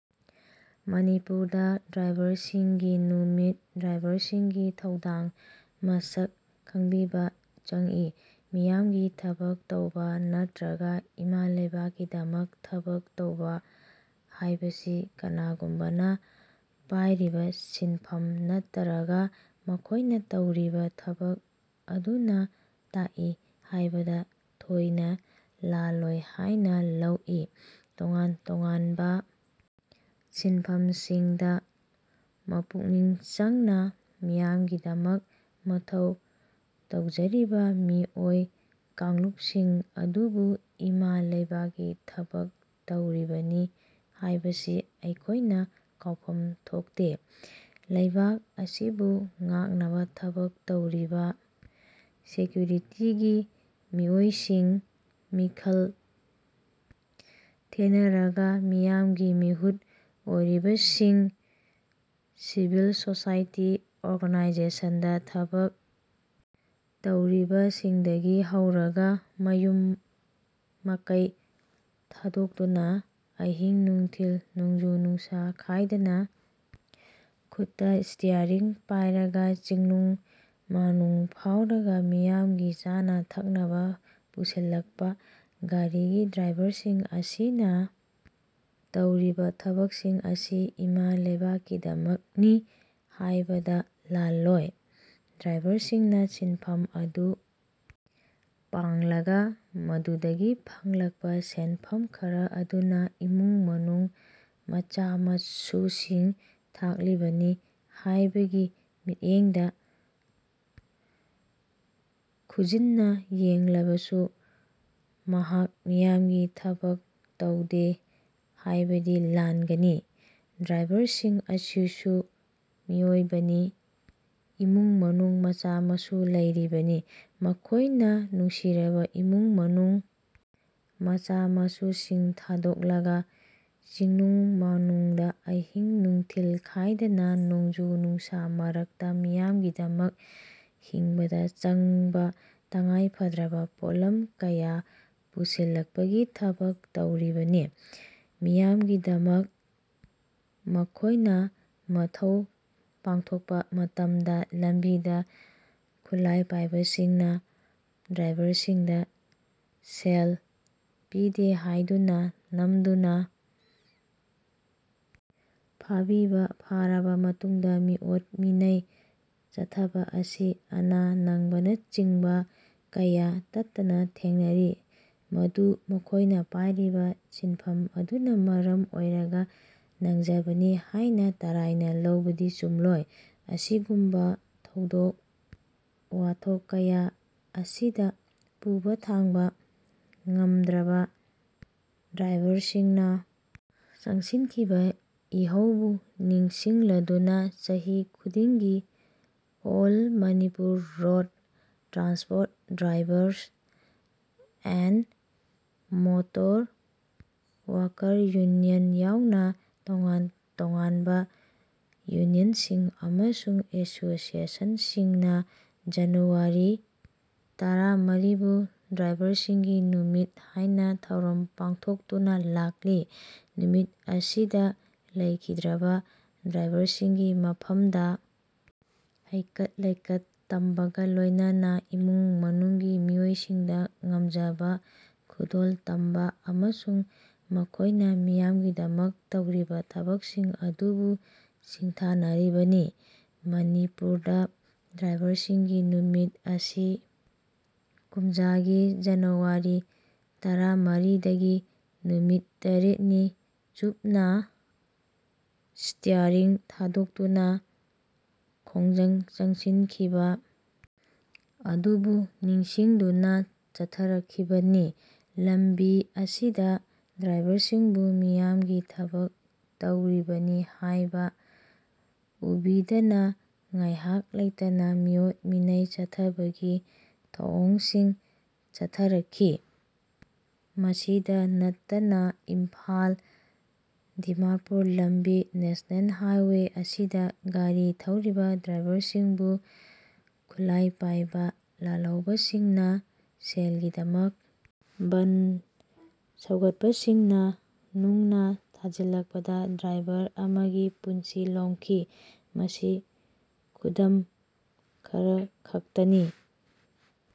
ꯃꯅꯤꯄꯨꯔꯗ ꯗ꯭ꯔꯥꯏꯚꯔꯁꯤꯡꯒꯤ ꯅꯨꯃꯤꯠ ꯗ꯭ꯔꯥꯏꯚꯔꯁꯤꯡꯒꯤ ꯊꯧꯗꯥꯡ ꯃꯁꯛ ꯈꯪꯕꯤꯕ ꯆꯪꯏ ꯃꯤꯌꯥꯝꯒꯤ ꯊꯕꯛ ꯇꯧꯕ ꯅꯠꯇ꯭ꯔꯒ ꯏꯃꯥ ꯂꯩꯕꯥꯛꯀꯤꯗꯃꯛ ꯊꯕꯛ ꯇꯧꯕ ꯍꯥꯏꯕꯁꯤ ꯀꯅꯥꯒꯨꯝꯕꯅ ꯄꯥꯏꯔꯤꯕ ꯁꯤꯟꯐꯝ ꯅꯠꯇ꯭ꯔꯒ ꯃꯈꯣꯏꯅ ꯇꯧꯔꯤꯕ ꯊꯕꯛ ꯑꯗꯨꯅ ꯇꯥꯛꯏ ꯍꯥꯏꯕꯗ ꯊꯣꯏꯅ ꯂꯥꯜꯂꯣꯏ ꯍꯥꯏꯅ ꯂꯧꯏ꯫ ꯇꯣꯉꯥꯟ ꯇꯣꯉꯥꯟꯕ ꯁꯤꯟꯐꯝꯁꯤꯡꯗ ꯃꯄꯨꯛꯅꯤꯡ ꯆꯪꯅ ꯃꯤꯌꯥꯝꯒꯤꯗꯃꯛ ꯃꯊꯧ ꯇꯧꯖꯔꯤꯕ ꯃꯤꯑꯣꯏ ꯀꯥꯡꯂꯨꯞꯁꯤꯡ ꯑꯗꯨꯕꯨ ꯏꯃꯥ ꯂꯩꯕꯥꯛꯀꯤ ꯊꯕꯛ ꯇꯧꯔꯤꯕꯅꯤ ꯍꯥꯏꯕꯁꯤ ꯑꯩꯈꯣꯏꯅ ꯀꯥꯎꯐꯝ ꯊꯣꯛꯇꯦ꯫ ꯂꯩꯕꯥꯛ ꯑꯁꯤꯕꯨ ꯉꯥꯛꯅꯕ ꯊꯕꯛ ꯇꯧꯔꯤꯕ ꯁꯦꯀ꯭ꯌꯨꯔꯤꯇꯤꯒꯤ ꯃꯤꯑꯣꯏꯁꯤꯡ, ꯃꯤꯈꯜ ꯊꯦꯅꯔꯒ ꯃꯤꯌꯥꯝꯒꯤ ꯃꯤꯍꯨꯠ ꯑꯣꯏꯔꯤꯕꯁꯤꯡ, ꯁꯤꯚꯤꯜ ꯁꯣꯁꯥꯏꯇꯤ ꯑꯣꯔꯒꯅꯥꯏꯖꯦꯁꯟꯗ ꯊꯕꯛ ꯇꯧꯔꯤꯕꯁꯤꯡꯗꯒꯤ ꯍꯧꯔꯒ ꯃꯌꯨꯝ ꯃꯀꯩ ꯊꯥꯗꯣꯛꯇꯨꯅ ꯑꯍꯤꯡ ꯅꯨꯡꯊꯤꯜ, ꯅꯣꯡꯖꯨ ꯅꯨꯡꯁ ꯈꯥꯏꯗꯅ ꯈꯨꯠꯇ ꯁ꯭ꯇꯤꯌꯥꯔꯤꯡ ꯄꯥꯏꯔꯒ ꯆꯤꯡꯅꯨꯡ ꯃꯥꯅꯨꯡ ꯐꯥꯎꯔꯒ ꯃꯤꯌꯥꯝꯒꯤ ꯆꯥꯅ ꯊꯛꯅꯕꯥ ꯄꯨꯁꯤꯜꯂꯛꯄ ꯒꯥꯔꯤꯒꯤ ꯗ꯭ꯔꯥꯚꯔꯁꯤꯡ ꯑꯁꯤꯅ ꯇꯧꯔꯤꯕ ꯊꯕꯛꯁꯤꯡ ꯑꯁꯤ ꯏꯃꯥ ꯂꯩꯕꯥꯛꯀꯤꯗꯃꯛꯅꯤ ꯍꯥꯏꯕꯗ ꯂꯥꯜꯂꯣꯏ꯫ ꯗ꯭ꯔꯥꯚꯔꯁꯤꯡꯅ ꯁꯤꯟꯐꯝ ꯑꯗꯨ ꯄꯥꯡꯂꯒ ꯃꯗꯨꯗꯒꯤ ꯐꯪꯂꯛꯄ ꯁꯦꯟꯐꯝ ꯈꯔ ꯑꯗꯨꯅ ꯏꯃꯨꯡ ꯃꯅꯨꯡ ꯃꯆꯥ ꯃꯁꯨꯁꯤꯡ ꯊꯥꯛꯂꯤꯕꯅꯤ ꯍꯥꯏꯕꯒꯤ ꯃꯤꯠꯌꯦꯡꯗ ꯈꯨꯖꯤꯟꯅ ꯌꯦꯡꯂꯕꯁꯨ ꯃꯍꯥꯛ ꯃꯤꯌꯥꯝꯒꯤ ꯊꯕꯛ ꯇꯧꯗꯦ ꯍꯥꯏꯕꯗꯤ ꯂꯥꯟꯒꯅꯤ꯫ ꯗ꯭ꯔꯥꯏꯚꯔꯁꯤꯡ ꯑꯁꯤꯁꯨ ꯃꯤꯑꯣꯏꯕꯅꯤ ꯏꯃꯨꯡ ꯃꯅꯨꯡ ꯃꯆꯥ ꯃꯁꯨ ꯂꯩꯔꯤꯕꯅꯤ꯫ ꯃꯈꯣꯏꯅ ꯅꯨꯡꯁꯤꯔꯕ ꯏꯃꯨꯡ ꯃꯅꯨꯡ, ꯃꯆꯥ ꯃꯁꯨꯁꯤꯡ ꯊꯥꯗꯣꯛꯂꯒ ꯆꯤꯡꯅꯨꯡ ꯃꯥꯅꯨꯡꯗ ꯑꯍꯤꯡ ꯅꯨꯡꯊꯤꯜ ꯈꯥꯏꯗꯅ ꯅꯣꯡꯖꯨ ꯅꯨꯡꯁꯥ ꯃꯔꯛꯇ ꯃꯤꯌꯥꯝꯒꯤꯗꯃꯛ ꯍꯤꯡꯕꯗ ꯆꯪꯕ ꯇꯉꯥꯏꯐꯗ꯭ꯔꯕ ꯄꯣꯠꯂꯝ ꯀꯌꯥ ꯄꯨꯁꯤꯜꯂꯛꯄꯒꯤ ꯊꯕꯛ ꯇꯧꯔꯤꯕꯅꯤ꯫ ꯃꯤꯌꯥꯝꯒꯤꯗꯃꯛ ꯃꯈꯣꯏꯅ ꯃꯊꯧ ꯄꯥꯡꯊꯣꯛꯄ ꯃꯇꯝꯗ ꯂꯝꯕꯤꯗ ꯈꯨꯠꯂꯥꯏ ꯄꯥꯏꯕꯁꯤꯡꯅ ꯗ꯭ꯔꯥꯏꯚꯔꯁꯤꯡꯗ ꯁꯦꯜ ꯄꯤꯗꯦ ꯍꯥꯏꯗꯨꯅ ꯅꯝꯗꯨꯅ ꯐꯥꯕꯤꯕ, ꯐꯥꯔꯕ ꯃꯇꯨꯡꯗ ꯃꯤꯑꯣꯠ ꯃꯤꯅꯩ ꯆꯠꯊꯕ ꯑꯁꯤ ꯑꯅꯥ ꯅꯪꯕꯅꯆꯤꯡꯕ ꯀꯌꯥ ꯇꯠꯇꯅ ꯊꯦꯡꯅꯔꯤ꯫ ꯃꯗꯨ ꯃꯈꯣꯏꯅ ꯄꯥꯏꯔꯤꯕ ꯁꯤꯟꯐꯝ ꯑꯗꯨꯅ ꯃꯔꯝ ꯑꯣꯏꯔꯒ ꯅꯪꯖꯕꯅꯤ ꯍꯥꯏꯅ ꯇꯔꯥꯏꯅ ꯂꯧꯕꯗꯤ ꯆꯨꯝꯂꯣꯏ꯫ ꯑꯁꯤꯒꯨꯝꯕ ꯊꯧꯗꯣꯛ ꯋꯥꯊꯣꯛ ꯀꯌꯥ ꯑꯁꯤꯗ ꯄꯨꯕ ꯊꯥꯡꯕ ꯉꯝꯗ꯭ꯔꯕ ꯗ꯭ꯔꯥꯏꯚꯔꯁꯤꯡꯅ ꯆꯪꯁꯤꯟꯈꯤꯕ ꯏꯍꯧꯕꯨ ꯅꯤꯡꯁꯤꯡꯂꯗꯨꯅ ꯆꯍꯤ ꯈꯨꯗꯤꯡꯒꯤ all Manipur road transport drivers and motor worker union ꯌꯥꯎꯅ ꯇꯣꯉꯥꯟ ꯇꯣꯉꯥꯟꯕ ꯌꯨꯅꯤꯌꯟꯁꯤꯡ ꯑꯃꯁꯨꯡ ꯑꯦꯁꯣꯁꯤꯌꯦꯁꯟꯁꯤꯡꯅ ꯖꯅꯨꯋꯥꯔꯤ ꯇꯔꯥꯃꯔꯤꯕꯨ ꯗ꯭ꯔꯥꯏꯚꯔꯁꯤꯡꯒꯤ ꯅꯨꯃꯤꯠ ꯍꯥꯏꯅ ꯊꯧꯔꯝ ꯄꯥꯡꯊꯣꯛꯇꯨꯅ ꯂꯥꯛꯂꯤ꯫ ꯅꯨꯃꯤꯠ ꯑꯁꯤꯗ ꯂꯩꯈꯤꯗ꯭ꯔꯕ ꯗ꯭ꯔꯥꯏꯚꯔꯁꯤꯡꯒꯤ ꯃꯐꯝꯗ ꯍꯩꯀꯠ ꯂꯩꯀꯠ ꯇꯝꯕꯒ ꯂꯣꯏꯅꯅ ꯏꯃꯨꯡ ꯃꯅꯨꯡꯒꯤ ꯃꯤꯑꯣꯏꯁꯤꯡꯗ ꯉꯝꯖꯕ ꯈꯨꯗꯣꯜ ꯇꯝꯕ ꯑꯃꯁꯨꯡ ꯃꯈꯣꯏꯅ ꯃꯤꯌꯥꯝꯒꯤꯗꯃꯛ ꯇꯧꯔꯤꯕ ꯊꯕꯛꯁꯤꯡ ꯑꯗꯨꯕꯨ ꯁꯤꯡꯊꯥꯅꯔꯤꯕꯅꯤ꯫ ꯃꯅꯤꯄꯨꯔꯗ ꯗ꯭ꯔꯥꯏꯚꯔꯁꯤꯡꯒꯤ ꯅꯨꯃꯤꯠ ꯑꯁꯤ ꯀꯨꯝꯖ ꯒꯤ ꯖꯅꯨꯋꯥꯔꯤ ꯇꯔꯥꯃꯔꯤꯗꯒꯤ ꯅꯨꯃꯤꯠ ꯇꯥꯔꯦꯠ ꯅꯤ ꯆꯨꯞꯅ ꯁ꯭ꯇꯤꯌꯥꯔꯤꯡ ꯊꯥꯗꯣꯛꯇꯨꯅ ꯈꯣꯡꯖꯪ ꯆꯪꯁꯤꯟꯈꯤꯕ ꯑꯗꯨꯕꯨ ꯅꯤꯡꯁꯤꯡꯗꯨꯅ ꯆꯠꯊꯔꯛꯈꯤꯕꯅꯤ꯫ ꯂꯝꯕꯤ ꯑꯁꯤꯗ ꯗ꯭ꯔꯥꯏꯚꯔꯁꯤꯡꯕꯨ ꯃꯤꯌꯥꯝꯒꯤ ꯊꯕꯛ ꯇꯧꯔꯤꯕꯅꯤ ꯍꯥꯏꯕ ꯎꯕꯤꯗꯅ ꯉꯥꯏꯍꯥꯛ ꯂꯩꯇꯅ ꯃꯤꯑꯣꯠ ꯃꯤꯅꯩ ꯆꯠꯊꯕꯒꯤ ꯊꯧꯑꯣꯡꯁꯤꯡ ꯆꯠꯊꯔꯛꯈꯤ꯫ ꯃꯁꯤꯗ ꯅꯠꯇꯅ ꯏꯝꯐꯥꯜ ꯗꯤꯃꯥꯄꯨꯔ ꯂꯝꯕꯤ ꯅꯦꯁꯅꯦꯜ ꯍꯥꯏꯋꯦ ꯑꯁꯤꯗ ꯒꯥꯔꯤ ꯊꯧꯔꯤꯕ ꯗ꯭ꯔꯥꯏꯚꯔꯁꯤꯡꯕꯨ ꯈꯨꯠꯂꯥꯏ ꯄꯥꯏꯕ ꯂꯥꯜꯍꯧꯕꯁꯤꯡꯅ ꯁꯦꯜꯒꯤꯗꯃꯛ ꯕꯟꯗ ꯁꯧꯒꯠꯄꯁꯤꯡꯅ ꯅꯨꯡꯅ ꯊꯥꯖꯤꯟꯂꯛꯄꯗ ꯗ꯭ꯔꯥꯏꯚꯔ ꯑꯃꯒꯤ ꯄꯨꯟꯁꯤ ꯂꯣꯝꯈꯤ꯫ ꯃꯁꯤ ꯈꯨꯗꯝ ꯈꯔꯈꯛꯇꯅꯤ꯫